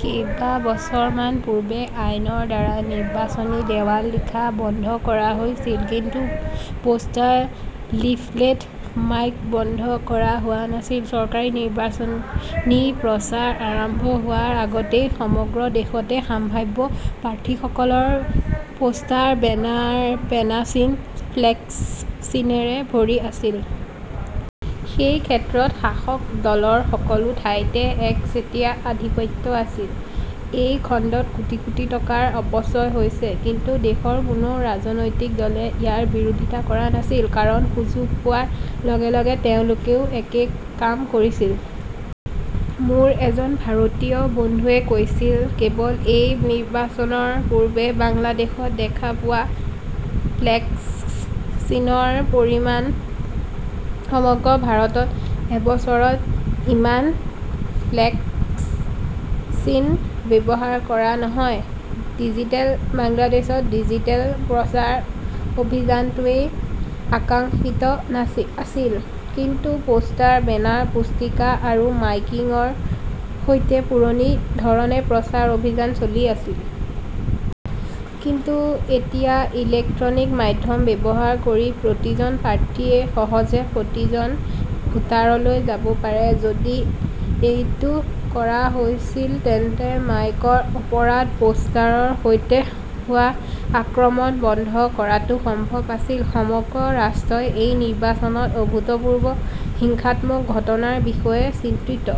কেইবছৰমান পূৰ্বে আইনৰ দ্বাৰা নিৰ্বাচনী দেৱাল লিখা বন্ধ কৰা হৈছিল। কিন্তু পোষ্টাৰ, লিফলেট, মাইক বন্ধ কৰা হোৱা নাছিল। চৰকাৰী নিৰ্বাচনী প্ৰচাৰ আৰম্ভ হোৱাৰ আগতেই সমগ্ৰ দেশতে সম্ভাৱ্য প্ৰাৰ্থীসকলৰ পোষ্টাৰ, বেনাৰ, পেনাচিন, ফ্লেক্সিচিনৰে ভৰি আছিল। এই ক্ষেত্ৰত শাসক দলৰ সকলো ঠাইতে একচেটিয়া আধিপত্য আছিল। এই খণ্ডত কোটি কোটি টকাৰ অপচয় হৈছে। কিন্তু দেশৰ কোনো ৰাজনৈতিক দলে ইয়াৰ বিৰোধিতা কৰা নাছিল। কাৰণ সুযোগ পোৱাৰ লগে লগে তেওঁলোকেও একে কাম কৰিছিল। মোৰ এজন ভাৰতীয় বন্ধুৱে কৈছিল, কেৱল এই নিৰ্বাচনৰ পূৰ্বে বাংলাদেশত দেখা পোৱা ফ্লেক্সিচিনৰ পৰিমাণ, সমগ্ৰ ভাৰতত এবছৰত ইমান ফ্লেক্সিচিন ব্যৱহাৰ কৰা নহয়! ডিজিটেল বাংলাদেশত ডিজিটেল প্ৰচাৰ অভিযানটোৱেই আকাংক্ষিত আছিল। কিন্তু প'ষ্টাৰ, বেনাৰ, পুস্তিকা আৰু মাইকিংৰ সৈতে পুৰণি ধৰণে প্ৰচাৰ অভিযান চলি আছে। কিন্তু এতিয়া ইলেক্ট্ৰনিক মাধ্যম ব্যৱহাৰ কৰি প্ৰতিজন প্ৰাৰ্থীয়ে সহজে প্ৰতিজন ভোটাৰলৈ যাব পাৰে। যদি এইটো কৰা হৈছিল তেন্তে মাইকৰ অপৰাধ, পোষ্টাৰৰ সৈতে হোৱা আক্ৰমণ বন্ধ কৰাটো সম্ভৱ আছিল। সমগ্ৰ ৰাষ্ট্ৰই এই নিৰ্বাচনত অভূতপূৰ্ব হিংসাত্মক ঘটনাৰ বিষয়ে চিন্তিত।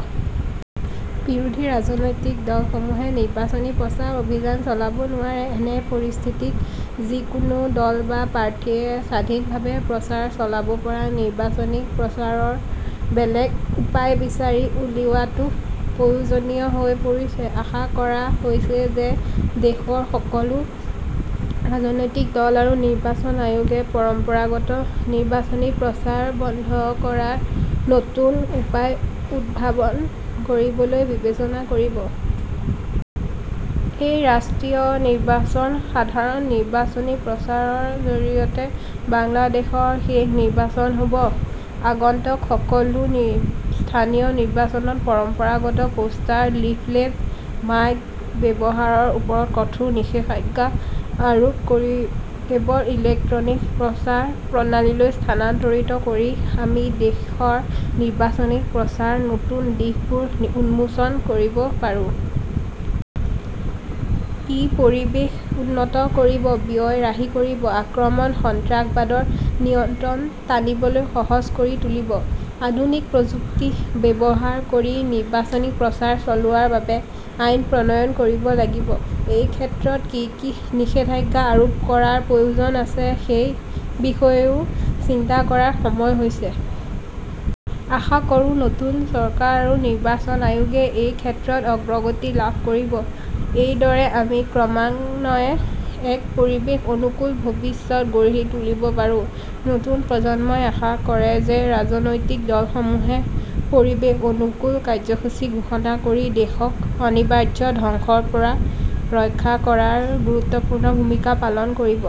বিৰোধী ৰাজনৈতিক দলসমূহে নিৰ্বাচনী প্ৰচাৰ অভিযান চলাব নোৱাৰে। এনে পৰিস্থিতিত যিকোনো দল বা প্ৰাৰ্থীয়ে স্বাধীনভাৱে প্ৰচাৰ চলাব পৰা নিৰ্বাচনী প্ৰচাৰৰ বেলেগ উপায় বিচাৰি উলিওৱাটো প্ৰয়োজনীয় হৈ পৰিছে। আশা কৰা হৈছে যে দেশৰ সকলো ৰাজনৈতিক দল আৰু নিৰ্বাচন আয়োগে পৰম্পৰাগত নিৰ্বাচনী প্ৰচাৰ বন্ধ কৰাৰ নতুন উপায় উদ্ভাৱন কৰিবলৈ বিবেচনা কৰিব। এই ৰাষ্ট্ৰীয় নিৰ্বাচন সাধাৰণ নিৰ্বাচনী প্ৰচাৰৰ জৰিয়তে বাংলাদেশৰ শেষ নিৰ্বাচন হ 'ব। আগন্তুক সকলো স্থানীয় নিৰ্বাচনত পৰম্পৰাগত পোষ্টাৰ, লিফলেট, মাইক ব্যৱহাৰৰ ওপৰত কঠোৰ নিষেধাজ্ঞা আৰোপ কৰি কেৱল ইলেক্ট্ৰনিক প্ৰচাৰ প্ৰণালীলৈ স্থানান্তৰিত কৰি আমি দেশৰ নিৰ্বাচনী প্ৰচাৰৰ নতুন দিশবোৰ উন্মোচন কৰিব পাৰোঁ। ই পৰিৱেশ উন্নত কৰিব, ব্যয় ৰাহি কৰিব, আক্ৰমণ, সন্ত্ৰাসবাদৰ নিয়ন্ত্ৰণ টানিবলৈ সহজ কৰি তুলিব। আধুনিক প্ৰযুক্তি ব্যৱহাৰ কৰি নিৰ্বাচনী প্ৰচাৰ চলোৱাৰ বাবে আইন প্ৰণয়ন কৰিব লাগিব। সেই ক্ষেত্ৰত কি কি নিষেধাজ্ঞা আৰোপ কৰাৰ প্ৰয়োজন আছে সেই বিষয়েও চিন্তা কৰাৰ সময় হৈছে। আশা কৰোঁ নতুন চৰকাৰ আৰু নিৰ্বাচন আয়োগে এই ক্ষেত্ৰত অগ্ৰগতি লাভ কৰিব। এইদৰে আমি ক্ৰমান্বয়ে এক পৰিৱেশ অনুকূল ভৱিষ্যত গঢ়ি তুলিব পাৰোঁ। নতুন প্ৰজন্মই আশা কৰে যে ৰাজনৈতিক দলসমূহে পৰিৱেশ অনুকূল কাৰ্যসূচী ঘোষণা কৰি দেশক অনিবাৰ্য ধ্বংসৰ পৰা ৰক্ষা কৰাত গুৰুত্বপূৰ্ণ ভূমিকা পালন কৰিব।